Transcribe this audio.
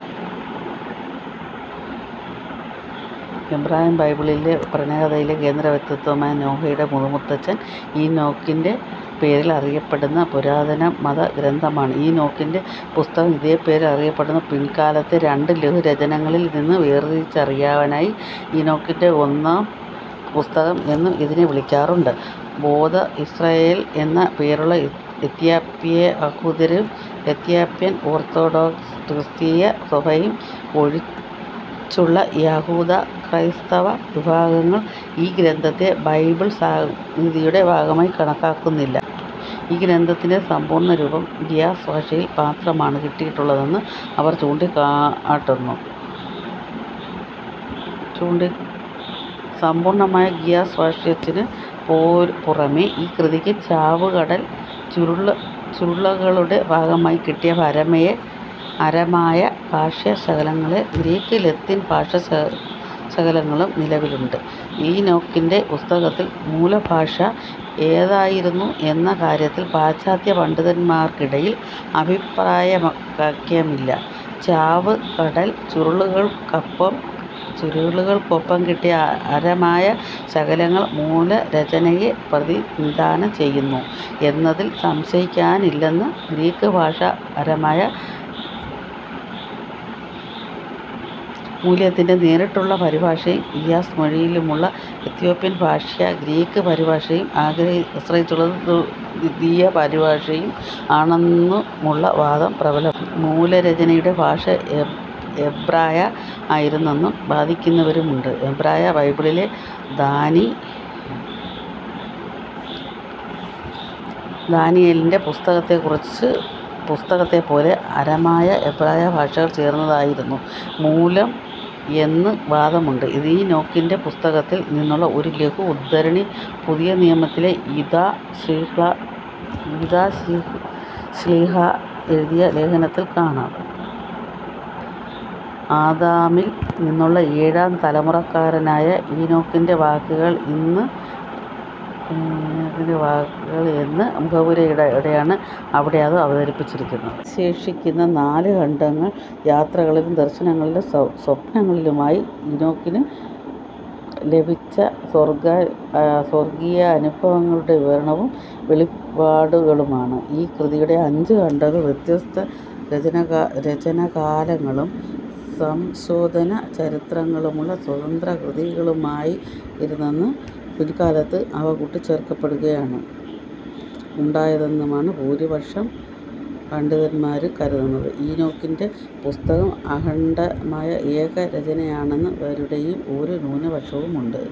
എബ്രായബൈബിളിലുള്ള പ്രളയകഥയിലെ കേന്ദ്രവ്യക്തിത്വമായ നോഹയുടെ മുതുമുത്തച്ഛൻ ഈനോക്കിന്റെ പേരിൽ അറിയപ്പെടുന്ന പുരാതന മതഗ്രന്ഥമാണ് ഈനോക്കിന്റെ പുസ്തകം. ഇതേ പേരിൽ അറിയപ്പെടുന്ന പിൽക്കാലത്തെ രണ്ടു ലഘുരചനകളിൽ നിന്ന് വേർതിരിച്ചറിയാനായി, ഈനോക്കിന്റെ ഒന്നാം പുസ്തകം എന്നും ഇതിനെ വിളിക്കാറുണ്ട്. "ബേതാ ഇസ്രായേൽ" എന്നു പേരുള്ള എത്യോപ്പിയ യഹൂദരും, എത്യോപ്യൻ ഓർത്തഡോക്സ് ക്രിസ്തീയ സഭയും ഒഴിച്ചുള്ള യഹൂദ, ക്രൈസ്തവ വിഭാഗങ്ങൾ ഈ ഗ്രന്ഥത്തെ ബൈബിൾ സംഹിതയുടെ ഭാഗമായി കണക്കാക്കുന്നില്ല. ഈ ഗ്രന്ഥത്തിന്റെ സമ്പൂർണ്ണരൂപം ഗീയസ് ഭാഷയിൽ മാത്രമാണ് കിട്ടിയിട്ടുള്ളതെന്ന് അവർ ചൂണ്ടിക്കാട്ടുന്നു. സമ്പൂർണ്ണമായ ഗീയസ് ഭാഷ്യത്തിനു പുറമേ ഈ കൃതിയ്ക്ക് ചാവുകടൽ ചുരുളുകളുടെ ഭാഗമായി കിട്ടിയ അരമായ ഭാഷ്യശകലങ്ങളും ഗ്രീക്ക്, ലത്തീൻ ഭാഷാശകലങ്ങളും നിലവിലുണ്ട്. ഈനോക്കിന്റെ പുസ്തകത്തിന്റെ മൂലഭാഷ ഏതായിരുന്നു എന്ന കാര്യത്തിൽ പാശ്ചാത്യപണ്ഡിതന്മാർക്കിടയിൽ അഭിപ്രായൈക്യമില്ല: ചാവുകടൽ ചുരുളുകൾക്കൊപ്പം കിട്ടിയ അരമായ ശകലങ്ങൾ മൂലരചനയെ പ്രതിനിധാനം ചെയ്യുന്നു എന്നതിൽ സംശയിക്കാനില്ലെന്നും ഗ്രീക്ക് ഭാഷ്യം അരമായ മൂലത്തിന്റെ നേരിട്ടുള്ള പരിഭാഷയും ഗീയസ് മൊഴിയിലുള്ള എത്യോപ്യൻ ഭാഷ്യം ഗ്രീക്ക് പരിഭാഷയെ ആശ്രയിച്ചുള്ള ദ്വിതീയ പരിഭാഷയും ആണെന്നുമുള്ള വാദം പ്രബലമാണ്. മൂലരചനയുടെ ഭാഷ എബ്രായ ആയിരുന്നെന്നു വാദിക്കുന്നവരുമുണ്ട്. എബ്രായ ബൈബിളിലെ ദാനിയേലിന്റെ പുസ്തകത്തെപ്പോലെ അരമായ, എബ്രായ ഭാഷകൾ ചേർന്നതായിരുന്നു മൂലം എന്നും വാദമുണ്ട്. ഈനോക്കിന്റെ പുസ്തകത്തിൽ നിന്നുള്ള ഒരു ലഘു ഉദ്ധരണി പുതിയനിയമത്തിലെ യൂദാ ശ്ലീഹാ എഴുതിയ ലേഖനത്തിൽ കാണാം. "ആദാമിൽ നിന്നുള്ള ഏഴാം തലമുറക്കാരനായ ഈനോക്കിന്റെ വാക്കുകൾ" എന്ന മുഖവുരയോടെയാണ് അവിടെ അത് അവതരിപ്പിച്ചിരിക്കുന്നത്. അവശേഷിക്കുന്ന നാലു ഖണ്ഡങ്ങൾ യാത്രകളിലും, ദർശനങ്ങളിലും, സ്വപ്നങ്ങളിലുമായി ഈനോക്കിനു ലഭിച്ച സ്വർഗ്ഗീയാനുഭവങ്ങളുടെ വിവരണവും വെളിപാടുകളുമാണ്. ഈ കൃതിയുടെ അഞ്ചു ഖണ്ഡങ്ങൾ വ്യത്യസ്തരചനാകാലങ്ങളും സംശോധനാചരിത്രങ്ങളുമുള്ള സ്വതന്ത്രകൃതികളായിരുന്നെന്നും പിൽക്കാലത്ത് അവ കൂട്ടിച്ചേർക്കപ്പെടുകയാണ് ഉണ്ടായതെന്നുമാണ് ഭൂരിപക്ഷം പണ്ഡിതന്മാരും കരുതുന്നത്. ഈനോക്കിന്റെ പുസ്തകം അഖണ്ഡമായ ഏകരചനയാണെന്നു വാദിക്കുന്ന എത്യോപ്യൻ പണ്ഡിതൻ വോസെനി യിഫ്രുവിനെപ്പോലുള്ളവരുടെ ഒരു ന്യൂനപക്ഷവുമുണ്ട്.